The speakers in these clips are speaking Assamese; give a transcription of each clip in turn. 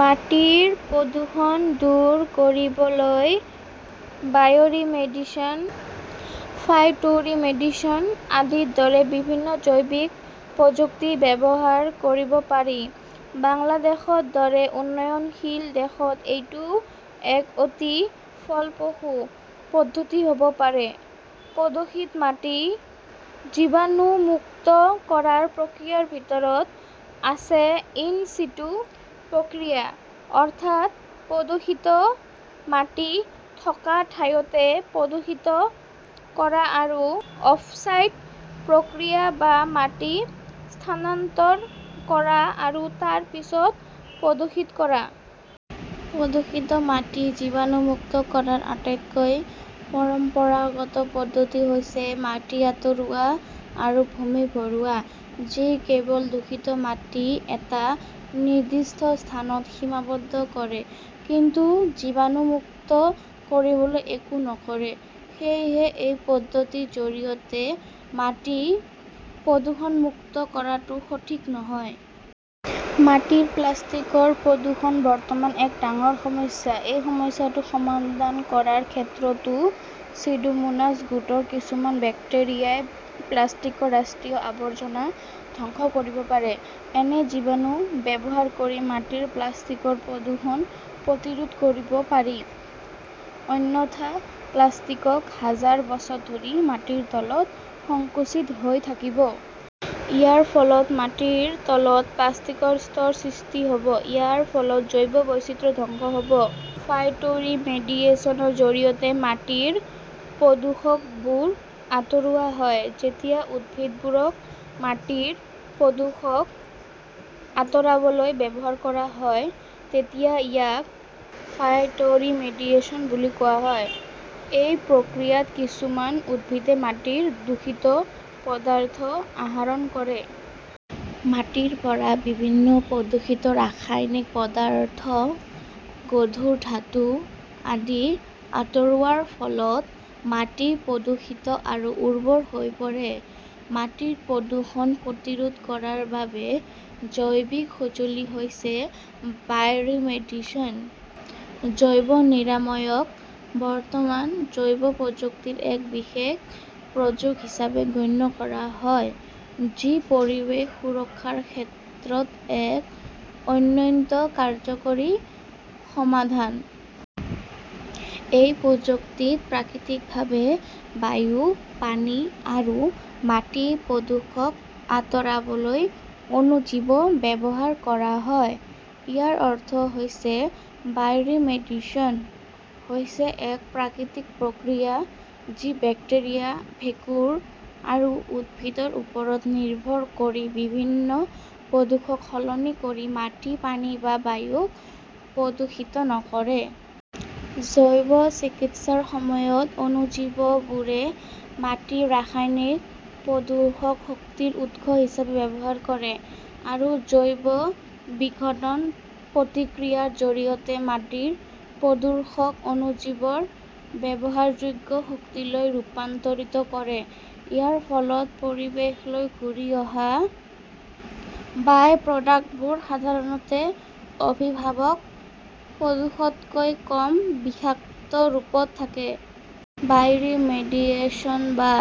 মাটিৰ প্ৰদূষণ দূৰ কৰিবলৈ বায়'ৰিমেডিশ্যন, ফাইটোৰিমেডিশ্যন আদিৰ দৰে বিভিন্ন জৈৱিক প্ৰযুক্তি ব্যৱহাৰ কৰিব পাৰি। বাংলাদেশৰ দৰে উন্নয়নশীল দেশত এইটো এক অতি ফলপ্ৰসূ পদ্ধতি হ'ব পাৰে। প্ৰদূষিত মাটি জীৱাণুমুক্ত কৰাৰ প্ৰক্ৰিয়াৰ ভিতৰত আছে ইন চিটু প্ৰক্ৰিয়া অৰ্থাৎ প্ৰদূষিত মাটি থকা ঠাইতে প্ৰদূষিত কৰা আৰু অফচাইট প্ৰক্ৰিয়া বা মাটি স্থানান্তৰ কৰা আৰু তাৰ পিছত প্ৰদূষিত কৰা। প্ৰদূষিত মাটি জীৱাণুমুক্ত কৰাৰ আটাইতকৈ পৰম্পৰাগত পদ্ধতি হৈছে মাটি আঁতৰোৱা আৰু ভূমি ভৰোৱা। যি কেৱল দূষিত মাটি এটা নিৰ্দিষ্ট স্থানত সীমাবদ্ধ কৰে, কিন্তু জীৱাণুমুক্ত কৰিবলৈ একো নকৰে। সেয়েহে, এই পদ্ধতিৰ জৰিয়তে মাটি প্ৰদূষণমুক্ত কৰাটো সঠিক নহয়। মাটিৰ প্লাষ্টিকৰ প্ৰদূষণ বৰ্তমান এক ডাঙৰ সমস্যা। এই সমস্যাটো সমাধান কৰাৰ ক্ষেত্ৰতো চিউডোমোনাছ গোটৰ কিছুমান বেক্টেৰিয়াই প্লাষ্টিকৰ ৰাষ্ট্ৰীয় আৱৰ্জনা ধ্বংস কৰিব পাৰে। এনে জীৱাণু ব্যৱহাৰ কৰি মাটিৰ প্লাষ্টিকৰ প্ৰদূষণ প্ৰতিৰোধ কৰিব পাৰি। অন্যথা প্লাষ্টিক হাজাৰ বছৰ ধৰি মাটিৰ তলত সংকুচিত হৈ থাকিব। ইয়াৰ ফলত মাটিৰ তলত প্লাষ্টিকৰ স্তৰ সৃষ্টি হ'ব, ইয়াৰ ফলত জৈৱ বৈচিত্ৰ্য ধ্বংস হ'ব। ফাইটোৰিমেডিয়েচনৰ জৰিয়তে মাটিৰ প্ৰদূষকবোৰ আঁতৰোৱা হয়। যেতিয়া উদ্ভিদবোৰক মাটিৰ প্ৰদূষক আঁতৰাবলৈ ব্যৱহাৰ কৰা হয়, তেতিয়া ইয়াক ফাইটোৰিমেডিশ্যন বুলি কোৱা হয়। এই প্ৰক্ৰিয়াত কিছুমান উদ্ভিদে মাটিৰ দূষিত পদাৰ্থ আহৰণ কৰে। মাটিৰ পৰা বিভিন্ন প্ৰদূষিত ৰাসায়নিক পদাৰ্থ, গধুৰ ধাতু আদি আঁতৰোৱাৰ ফলত মাটি প্ৰদূষিত আৰু উৰ্বৰ হৈ পৰে। মাটিৰ প্ৰদূষণ প্ৰতিৰোধ কৰাৰ বাবে জৈৱিক সঁজুলি হৈছে বায়'ৰিমেডিশ্যন। জৈৱ নিৰাময়ক বৰ্তমান জৈৱ প্ৰযুক্তিৰ এক বিশেষ প্ৰয়োগ হিচাপে গণ্য কৰা হয়, যি পৰিৱেশ সুৰক্ষাৰ ক্ষেত্ৰত এক অত্যন্ত কাৰ্যকৰী সমাধান। এই প্ৰযুক্তিত প্ৰাকৃতিকভাৱে বায়ু, পানী আৰু মাটি প্ৰদূষক আঁতৰাবলৈ অণুজীৱ ব্যৱহাৰ কৰা হয়। ইয়াৰ অৰ্থ হৈছে, বায়'ৰিমেডিশ্যন হৈছে এক প্ৰাকৃতিক প্ৰক্ৰিয়া যি বেক্টেৰিয়া, ভেঁকুৰ আৰু উদ্ভিদৰ ওপৰত নিৰ্ভৰ কৰি বিভিন্ন প্ৰদূষক সলনি কৰি মাটি, পানী বা বায়ুক প্ৰদূষিত নকৰে। জৈৱ-চিকিৎসাৰ সময়ত অণুজীৱবোৰে মাটিৰ ৰাসায়নিক প্ৰদূষকক শক্তিৰ উৎস হিচাপে ব্যৱহাৰ কৰে আৰু জৈৱ-বিঘটন প্ৰতিক্ৰিয়াৰ জৰিয়তে মাটিৰ প্ৰদূষকক অণুজীৱৰ ব্যৱহাৰযোগ্য শক্তিলৈ ৰূপান্তৰিত কৰে। ইয়াৰ ফলত পৰিৱেশলৈ ঘূৰি অহা বাই প্ৰডাক্টবোৰ সাধাৰণতে অভিভাৱক প্ৰদূষকতকৈ কম বিষাক্ত ৰূপত থাকে। বায়'ৰিমেডিয়েচন বা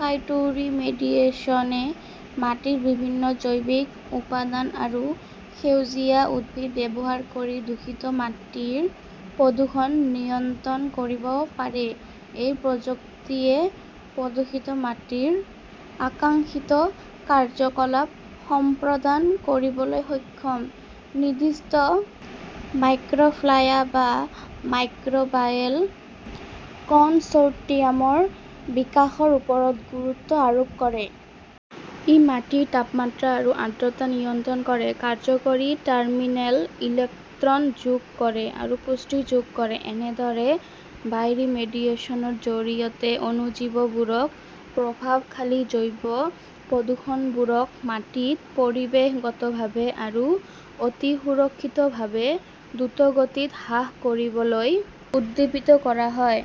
ফাইটোৰিমেডিয়েচনে মাটিৰ বিভিন্ন জৈৱিক উপাদান আৰু সেউজীয়া উদ্ভিদ ব্যৱহাৰ কৰি দূষিত মাটিৰ প্ৰদূষণ নিয়ন্ত্ৰণ কৰিব পাৰে। এই প্ৰযুক্তিয়ে প্ৰদূষিত মাটিৰ আকাংক্ষিত কাৰ্য্যকলাপ সম্পাদন কৰিবলৈ সক্ষম নিৰ্দিষ্ট মাইক্ৰ'ফ্লায়া বা মাইক্ৰ'বায়েল কনচৰ্টিয়ামৰ বিকাশৰ ওপৰত গুৰুত্ব আৰোপ কৰে। ই মাটিৰ তাপমাত্ৰা আৰু আৰ্দ্ৰতা নিয়ন্ত্ৰণ কৰে, কাৰ্যকৰী টাৰ্মিনেল ইলেক্ট্ৰন যোগ কৰে আৰু পুষ্টি যোগ কৰে। এনেদৰে বায়'ৰিমেডিশ্যনৰ জৰিয়তে অণুজীৱবোৰক প্ৰভাৱশালী জৈৱ প্ৰদূষকবোৰ মাটিত পৰিৱেশগতভাৱে আৰু অতি সুৰক্ষিতভাৱে দ্ৰুতগতিত হ্ৰাস কৰিবলৈ উদ্দীপিত কৰা হয়।